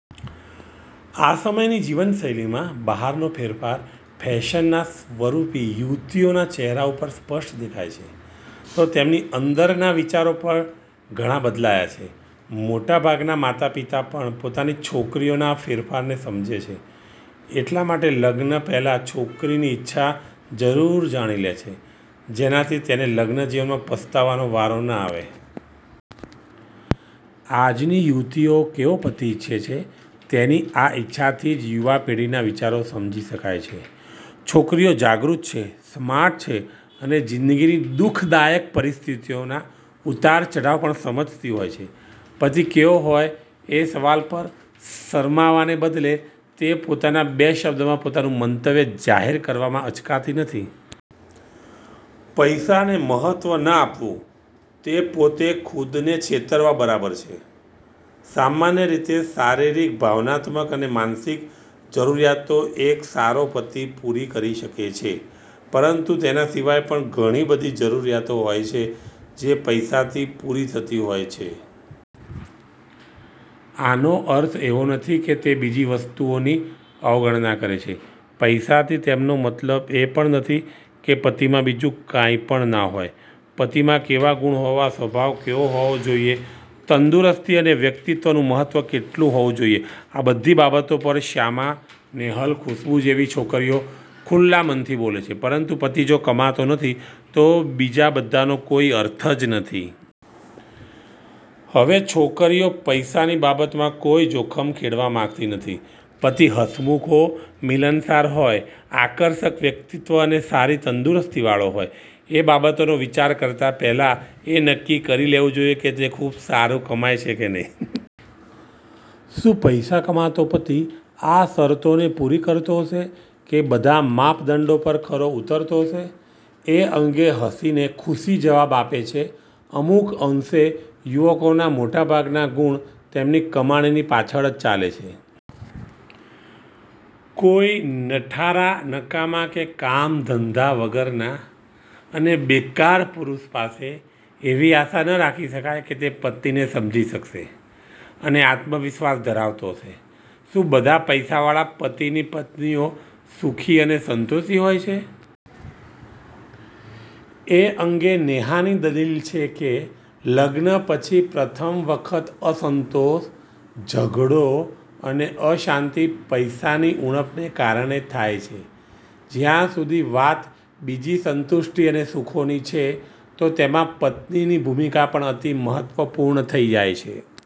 આ સમયની જીવનશૈલીમાં બહારનો ફેરફાર ફેશનના સ્વરૂપમાં યુવતીઓના ચહેરા ઉપર સ્પષ્ટ દેખાય છે તો તેમની અંદરના વિચારો પણ ઘણા બદલાયા છે. મોટાભાગનાં માતાપિતા પણ પોતાની છોકરીઓના આ ફેરફારને સમજે છે એટલા માટે લગ્ન પહેલાં છોકરીની ઈચ્છા જરૂર જાણી લે છે, જેનાથી તેને લગ્નજીવનમાં પસ્તાવાનો વારો ના આવે. આજની યુવતીઓ કેવો પતિ ઇચ્છે છે, તેની આ ઇચ્છાથી જ યુવા પેઢીના વિચારો સમજી શકાય છે. છોકરીઓ જાગૃત છે, સ્માર્ટ છે અને જિંદગીની દુ:ખદાયક પરિસ્થિતિના ઉતારચઢાવ પણ સમજતી હોય છે. પતિ કેવો હોય, એ સવાલ પર શરમાવાને બદલે તે પોતાના બે શબ્દોમાં પોતાનું મંતવ્ય જાહેર કરવામાં અચકાતી નથી. પૈસાને મહત્ત્વ ન આપવું તે પોતે ખુદને છેતરવા બરાબર છે. સામાન્ય રીતે શારીરિક, ભાવનાત્મક અને માનસિક જરૂરિયાતો એક સારો પતિ પૂરી કરી શકે છે, પરંતુ તેના સિવાય પણ ઘણીબધી જરૂરિયાતો હોય છે જે પૈસાથી પૂરી થતી હોય છે. આનો અર્થ એવો નથી કે તે બીજી વસ્તુઓની અવગણના કરે છે. પૈસાથી તેમનો મતલબ એ પણ નથી કે પતિમાં બીજું કાંઈ પણ ના હોય. પતિમાં કેવા ગુણ હોવા, સ્વભાવ કેવો હોવો જોઈએ, તંદુરસ્તી અને વ્યક્તિત્ત્વનું મહત્ત્વ કેટલું હોવું જોઈએ, આ બધી બાબતો પર શ્યામા, નેહલ, ખુશબૂ જેવી છોકરીઓ ખુલ્લા મનથી બોલે છે, પરંતુ પતિ જો કમાતો નથી તો બીજા બધાનો કોઈ અર્થ જ નથી. હવે છોકરીઓ પૈસાની બાબતમાં કોઈ જોખમ ખેડવા માંગતી નથી. પતિ હસમુખો, મિલનસાર હોય, આર્કષક વ્યક્તિત્વ અને સારી તંદુરસ્તીવાળો હોય, એ બાબતોનો વિચાર કરતાં પહેલાં એ નક્કી કરી લેવું જોઈએ કે તે ખૂબ સારું કમાય છે કે નહીં. શું પૈસા કમાતો પતિ આ શરતોને પૂરી કરતો હશે કે બધા માપદંડો પર ખરો ઊતરતો હશે? એ અંગે હસીને ખુશી જવાબ આપે છે, "અમુક અંશે યુવકોના મોટાભાગના ગુણ તેમની કમાણીની પાછળ જ ચાલે છે. કોઈ નઠારાનકામા કે કામધંધા વગરના અને બેકાર પુરુષ પાસે એવી આશા ન રાખી શકાય કે તે પત્નીને સમજી શકશે અને આત્મવિશ્વાસ ધરાવતો હશે. " શું બધા પૈસાવાળા પતિની પત્નીઓ સુખી અને સંતોષી હોય છે? એ અંગે નેહાની દલીલ છે કે લગ્ન પછી પ્રથમ વખત અસંતોષ, ઝઘડો અને અશાંતિ પૈસાની ઊણપને કારણે જ થાય છે. જ્યાં સુધી વાત બીજી સંતુષ્ટિ અને સુખોની છે, તો તેમાં પત્નીની ભૂમિકા પણ અતિ મહત્ત્વપૂર્ણ થઈ જાય છે.